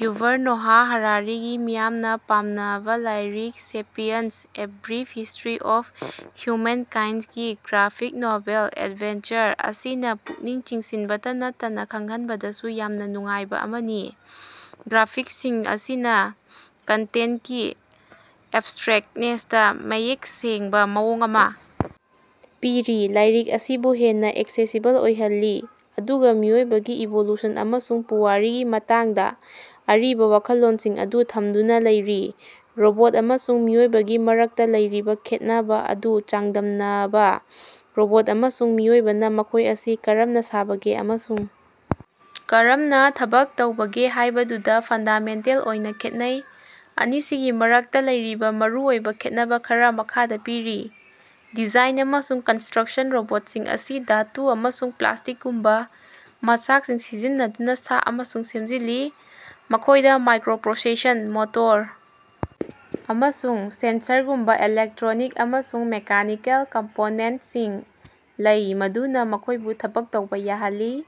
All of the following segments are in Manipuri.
ꯌꯨꯚꯜ ꯅꯣꯍꯥ ꯍꯔꯥꯔꯤꯒꯤ ꯃꯤꯌꯥꯝꯅ ꯄꯥꯝꯅꯕ ꯂꯥꯏꯔꯤꯛ Sapiens - a brief history of ꯍ꯭ꯌꯨꯃꯦꯟꯀꯥꯏꯟꯗ ꯒꯤ ꯒ꯭ꯔꯥꯐꯤꯛ ꯅꯣꯚꯦꯜ ꯑꯦꯗꯕꯦꯟꯆꯔ ꯑꯁꯤꯅ‌ ꯄꯨꯛꯅꯤꯡ ꯆꯤꯡꯁꯤꯟꯕꯇꯥ ꯅꯠꯇꯅꯥ ꯈꯪꯍꯟꯕꯗꯁꯨ ꯌꯥꯝꯅ ꯅꯨꯡꯉꯥꯏꯕ ꯑꯃꯅꯤ꯫ ꯒ꯭ꯔꯥꯐꯤꯛꯁꯁꯤꯡ ꯑꯁꯤꯅ ꯀꯟꯇꯦꯟꯇꯀꯤ ꯑꯦꯕꯁꯇ꯭ꯔꯦꯛꯇꯅꯦꯁꯇꯥ ꯃꯌꯦꯛ ꯁꯦꯡꯕ ꯃꯑꯣꯡ ꯑꯃ ꯄꯤꯔꯤ, ꯂꯥꯏꯔꯤꯛ ꯑꯁꯤꯕꯨ ꯍꯦꯟꯅ ꯑꯦꯛꯁꯦꯁꯤꯕꯜ ꯑꯣꯏꯍꯜꯂꯤ, ꯑꯗꯨꯒ ꯃꯤꯑꯣꯏꯕꯒꯤ ꯏꯚꯣꯂꯨꯁꯟ ꯑꯃꯁꯨꯡ ꯄꯨꯋꯥꯔꯤꯒꯤ ꯃꯇꯥꯡꯗ ꯑꯔꯤꯕ ꯋꯥꯈꯜꯂꯣꯟꯁꯤꯡ ꯑꯗꯨ ꯊꯝꯗꯨꯅ ꯂꯩꯔꯤ꯫ ꯔꯣꯕꯣꯠ ꯑꯃꯁꯨꯡ ꯃꯤꯑꯣꯏꯕꯒꯤ ꯃꯔꯛꯇ ꯂꯩꯔꯤꯕ ꯈꯦꯠꯅꯕ ꯑꯗꯨ ꯆꯥꯡꯗꯝꯅꯕ꯫ ꯔꯣꯕꯣꯠ ꯑꯃꯁꯨꯡ ꯃꯤꯑꯣꯏꯕꯅꯥ ꯃꯈꯣꯏ ꯑꯁꯤ ꯀꯔꯝꯅ ꯁꯥꯕꯒꯦ ꯑꯃꯁꯨꯡ ꯀꯔꯝꯅ ꯊꯕꯛ ꯇꯧꯕꯒꯦ ꯍꯥꯏꯕꯗꯨꯗ ꯐꯟꯗꯥꯃꯦꯟꯇꯦꯜ ꯑꯣꯏꯅ ꯈꯦꯠꯅꯩ꯫ ꯑꯅꯤꯁꯤꯒꯤ ꯃꯔꯛꯇ ꯂꯩꯔꯤꯕ ꯃꯔꯨꯑꯣꯏꯕ ꯈꯦꯠꯅꯕꯥ ꯈꯔꯥ ꯃꯈꯥꯗ ꯄꯤꯔꯤ - ꯗꯤꯖꯥꯏꯟ ꯑꯃꯁꯨꯡ ꯀꯟꯁꯇ꯭ꯔꯛꯁꯟ - ꯔꯣꯕꯣꯠꯁꯤꯡ ꯑꯁꯤ ꯙꯥꯇꯨ ꯑꯃꯁꯨꯡ ꯄ꯭ꯂꯥꯁꯇꯤꯛꯒꯨꯝꯕ ꯃꯆꯥꯛꯁꯤꯡ ꯁꯤꯖꯤꯟꯅꯗꯨꯅꯥ ꯁꯥ ꯑꯃꯁꯨꯡ ꯁꯦꯝꯖꯤꯜꯂꯤ꯫ ꯃꯈꯣꯏꯗ ꯃꯥꯏꯀ꯭ꯔꯣꯄ꯭ꯔꯣꯁꯦꯁꯔ, ꯃꯣꯇꯣꯔ, ꯑꯃꯁꯨꯡ ꯁꯦꯟꯁꯔꯒꯨꯝꯕ ꯏꯂꯦꯛꯇ꯭ꯔꯣꯅꯤꯛ ꯑꯃꯁꯨꯡ ꯃꯦꯀꯥꯅꯤꯀꯦꯜ ꯀꯝꯄꯣꯅꯦꯟꯇꯁꯤꯡ ꯂꯩ ꯃꯗꯨꯅ ꯃꯈꯣꯏꯕꯨ ꯊꯕꯛ ꯇꯧꯕ ꯌꯥꯍꯜꯂꯤ꯫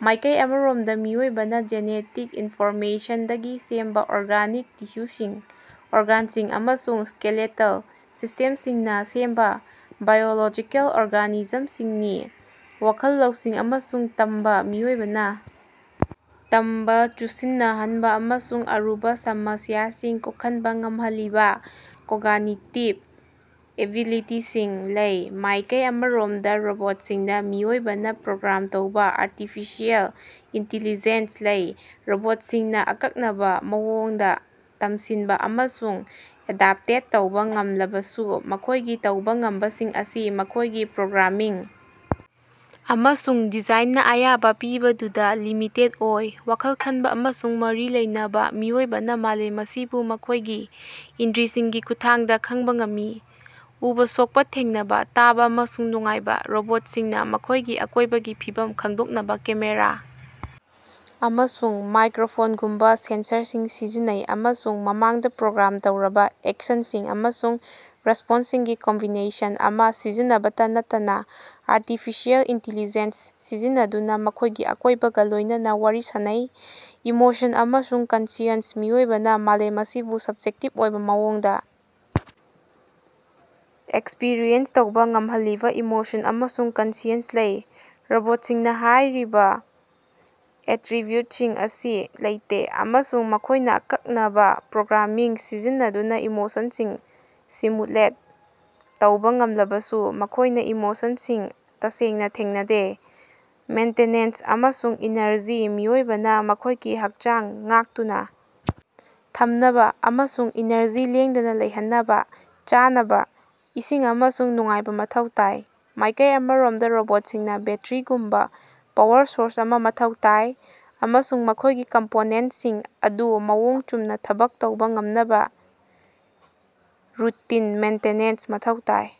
ꯃꯥꯏꯀꯩ ꯑꯃꯔꯣꯝꯗ ꯃꯤꯑꯣꯏꯕꯅ ꯖꯤꯅꯦꯇꯤꯛ ꯏꯟꯐꯣꯔꯃꯦꯁꯟꯗꯒꯤ ꯁꯦꯝꯕ ꯑꯣꯔꯒꯥꯅꯤꯛ ꯇꯤꯁꯨꯁꯤꯡ, ꯑꯣꯔꯒꯥꯟꯁꯤꯡ ꯑꯃꯁꯨꯡ ꯁ꯭ꯀꯦꯂꯦꯇꯜ ꯁꯤꯁꯇꯦꯝꯁꯤꯡꯅ ꯁꯦꯝꯕ ꯕꯥꯏꯑꯣꯂꯣꯖꯤꯀꯦꯜ ꯑꯣꯔꯒꯥꯅꯤꯖꯝꯁꯤꯡꯅꯤ꯫ ꯋꯥꯈꯜ ꯂꯧꯁꯤꯡ ꯑꯃꯁꯨꯡ ꯇꯝꯕꯥ - ꯃꯤꯑꯣꯏꯕꯅꯥ ꯇꯝꯕ, ꯆꯨꯁꯤꯟꯅꯍꯟꯕ ꯑꯃꯁꯨꯡ ꯑꯔꯨꯕ ꯁꯃꯁ꯭ꯌꯥꯁꯤꯡ ꯀꯣꯛꯍꯟꯕ ꯉꯝꯍꯜꯂꯤꯕ ꯀꯣꯒꯅꯤꯇꯤꯕ ꯑꯦꯕꯤꯂꯤꯇꯤꯁꯤꯡ ꯂꯩ꯫ ꯃꯥꯏꯀꯩ ꯑꯃꯔꯣꯝꯗ ꯔꯣꯕꯣꯠꯁꯤꯡꯗ ꯃꯤꯑꯣꯏꯕꯅꯥ ꯄ꯭ꯔꯣꯒ꯭ꯔꯥꯝ ꯇꯧꯕ ꯑꯥꯔꯇꯤꯐꯤꯁꯤꯑꯦꯜ ꯏꯟꯇꯤꯂꯤꯖꯦꯟꯁ ꯂꯩ꯫ ꯔꯣꯕꯣꯠꯁꯤꯡꯅ ꯑꯀꯛꯅꯕꯥ ꯃꯑꯣꯡꯗ ꯇꯝꯁꯤꯟꯕ ꯑꯃꯁꯨꯡ ꯑꯦꯗꯞꯇꯦꯠ ꯇꯧꯕ ꯉꯝꯂꯕꯁꯨ, ꯃꯈꯣꯏꯒꯤ ꯇꯧꯕ ꯉꯝꯕꯁꯤꯡ ꯑꯁꯤ ꯃꯈꯣꯏꯒꯤ ꯄ꯭ꯔꯣꯒ꯭ꯔꯥꯃꯤꯡ ꯑꯃꯁꯨꯡ ꯗꯤꯖꯥꯏꯟꯅ ꯑꯌꯥꯕ ꯄꯤꯕꯗꯨꯗ ꯂꯤꯃꯤꯇꯦꯗ ꯑꯣꯏ꯫ ꯋꯥꯈꯜ ꯈꯟꯕ ꯑꯃꯁꯨꯡ ꯃꯔꯤ ꯂꯩꯅꯕꯥ - ꯃꯤꯑꯣꯏꯕꯅ ꯃꯥꯂꯦꯝ ꯑꯁꯤꯕꯨ ꯃꯈꯣꯏꯒꯤ ꯏꯟꯗ꯭ꯔꯤꯁꯤꯡꯒꯤ ꯈꯨꯠꯊꯥꯡꯗ ꯈꯪꯕ ꯉꯝꯃꯤ - ꯎꯕꯥ, ꯁꯣꯛꯄ, ꯊꯦꯡꯅꯕꯥ, ꯇꯥꯕ ꯑꯃꯁꯨꯡ ꯅꯨꯡꯉꯥꯏꯕ꯫ ꯔꯣꯕꯣꯠꯁꯤꯡꯅ ꯃꯈꯣꯏꯒꯤ ꯑꯀꯣꯏꯕꯒꯤ ꯐꯤꯕꯝ ꯈꯪꯗꯣꯛꯅꯕꯥ ꯀꯦꯃꯦꯔꯥ ꯑꯃꯁꯨꯡ ꯃꯥꯏꯀ꯭ꯔꯣꯐꯣꯟꯒꯨꯝꯕ ꯁꯦꯟꯁꯔꯁꯤꯡ ꯁꯤꯖꯤꯟꯅꯩ ꯑꯃꯁꯨꯡ ꯃꯃꯥꯡꯗ ꯄ꯭ꯔꯣꯒ꯭ꯔꯥꯝ ꯇꯧꯔꯕꯥ ꯑꯦꯛꯁꯟꯁꯤꯡ ꯑꯃꯁꯨꯡ ꯔꯦꯁꯄꯣꯟꯁꯁꯤꯡꯒꯤ ꯀꯝꯕꯤꯅꯦꯁꯟ ꯑꯃ ꯁꯤꯖꯤꯟꯅꯕꯇꯥ ꯅꯠꯇꯅꯥ ꯑꯥꯔꯇꯤꯐꯤꯁꯤꯑꯦꯜ ꯏꯟꯇꯤꯂꯤꯖꯦꯟꯁ ꯁꯤꯖꯤꯟꯅꯗꯨꯅ ꯃꯈꯣꯏꯒꯤ ꯑꯀꯣꯏꯕꯒ ꯂꯣꯏꯅꯅꯥ ꯋꯥꯔꯤ ꯁꯥꯅꯩ꯫ ꯏꯃꯣꯁꯟ ꯑꯃꯁꯨꯡ ꯀꯟꯁꯤꯌꯟꯁ - ꯃꯤꯑꯣꯏꯕꯅ ꯃꯥꯂꯦꯝ ꯑꯁꯤꯕꯨ ꯁꯕꯖꯦꯛꯇꯤꯕ ꯑꯣꯏꯕ ꯃꯑꯣꯡꯗ ꯑꯦꯛꯁꯄꯔꯤꯑꯦꯟꯁ ꯇꯧꯕ ꯉꯝꯍꯜꯂꯤꯕ ꯏꯃꯣꯁꯟ ꯑꯃꯁꯨꯡ ꯀꯟꯁꯤꯌꯟꯁ ꯂꯩ꯫ ꯔꯣꯕꯣꯠꯁꯤꯡꯅ ꯍꯥꯏꯔꯤꯕ ꯑꯦꯇꯔꯤꯕ꯭ꯌꯨꯠꯁꯤꯡ ꯑꯁꯤ ꯂꯩꯇꯦ, ꯑꯃꯁꯨꯡ ꯃꯈꯣꯏꯅ ꯑꯀꯛꯅꯕꯥ ꯄ꯭ꯔꯣꯒ꯭ꯔꯥꯃꯤꯡ ꯁꯤꯖꯤꯟꯅꯗꯨꯅ ꯏꯃꯣꯁꯟꯁꯤꯡ ꯁꯤꯃꯨꯂꯦꯠ ꯇꯧꯕ ꯉꯝꯂꯕꯁꯨ, ꯃꯈꯣꯏꯅ ꯏꯃꯣꯁꯟꯁꯤꯡ ꯇꯁꯦꯡꯅ ꯊꯦꯡꯅꯗꯦ꯫ ꯃꯦꯟꯇꯦꯅꯦꯟꯁ ꯑꯃꯁꯨꯡ ꯏꯅꯔꯖꯤ - ꯃꯤꯑꯣꯏꯕꯅ ꯃꯈꯣꯏꯒꯤ ꯍꯛꯆꯥꯡ ꯉꯥꯛꯇꯨꯅ ꯊꯝꯅꯕ ꯑꯃꯁꯨꯡ ꯏꯅꯔꯖꯤ ꯂꯦꯡꯗꯅ ꯂꯩꯍꯟꯅꯕꯥ ꯆꯥꯅꯕ, ꯏꯁꯤꯡ ꯑꯃꯁꯨꯡ ꯅꯨꯡꯉꯥꯏꯕ ꯃꯊꯧ ꯇꯥꯏ꯫ ꯃꯥꯏꯀꯩ ꯑꯃꯔꯣꯝꯗ ꯔꯣꯕꯣꯠꯁꯤꯡꯅ ꯕꯦꯠꯇ꯭ꯔꯤꯒꯨꯝꯕ ꯄꯥꯋꯔ ꯁꯣꯔꯁ ꯑꯃ ꯃꯊꯧ ꯇꯥꯏ, ꯑꯃꯁꯨꯡ ꯃꯈꯣꯏꯒꯤ ꯀꯝꯄꯣꯅꯦꯟꯇꯁꯤꯡ ꯑꯗꯨ ꯃꯑꯣꯡ ꯆꯨꯝꯅ ꯊꯕꯛ ꯇꯧꯕ ꯉꯝꯅꯕ ꯔꯨꯇꯤꯟ ꯃꯦꯟꯇꯦꯅꯦꯟꯁ ꯃꯊꯧ ꯇꯥꯏ꯫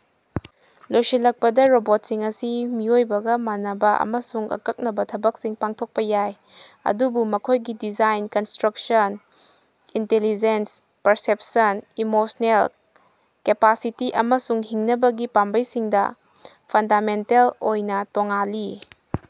ꯂꯣꯏꯁꯤꯜꯂꯛꯄꯗ, ꯔꯣꯕꯣꯠꯁꯤꯡ ꯑꯁꯤ ꯃꯤꯑꯣꯏꯕꯒ ꯃꯥꯟꯅꯕꯥ ꯑꯃꯁꯨꯡ ꯑꯀꯛꯅꯕꯥ ꯊꯕꯛꯁꯤꯡ ꯄꯥꯡꯊꯣꯛꯄ ꯌꯥꯏ, ꯑꯗꯨꯕꯨ ꯃꯈꯣꯏꯒꯤ design, construction, intelligence, perception, emotional capacity ꯑꯃꯁꯨꯡ ꯍꯤꯡꯅꯕꯒꯤ ꯄꯥꯝꯕꯩꯁꯤꯡꯗ ꯐꯟꯗꯥꯃꯦꯟꯇꯦꯜ ꯑꯣꯏꯅ ꯇꯣꯉꯥꯜꯂꯤ꯫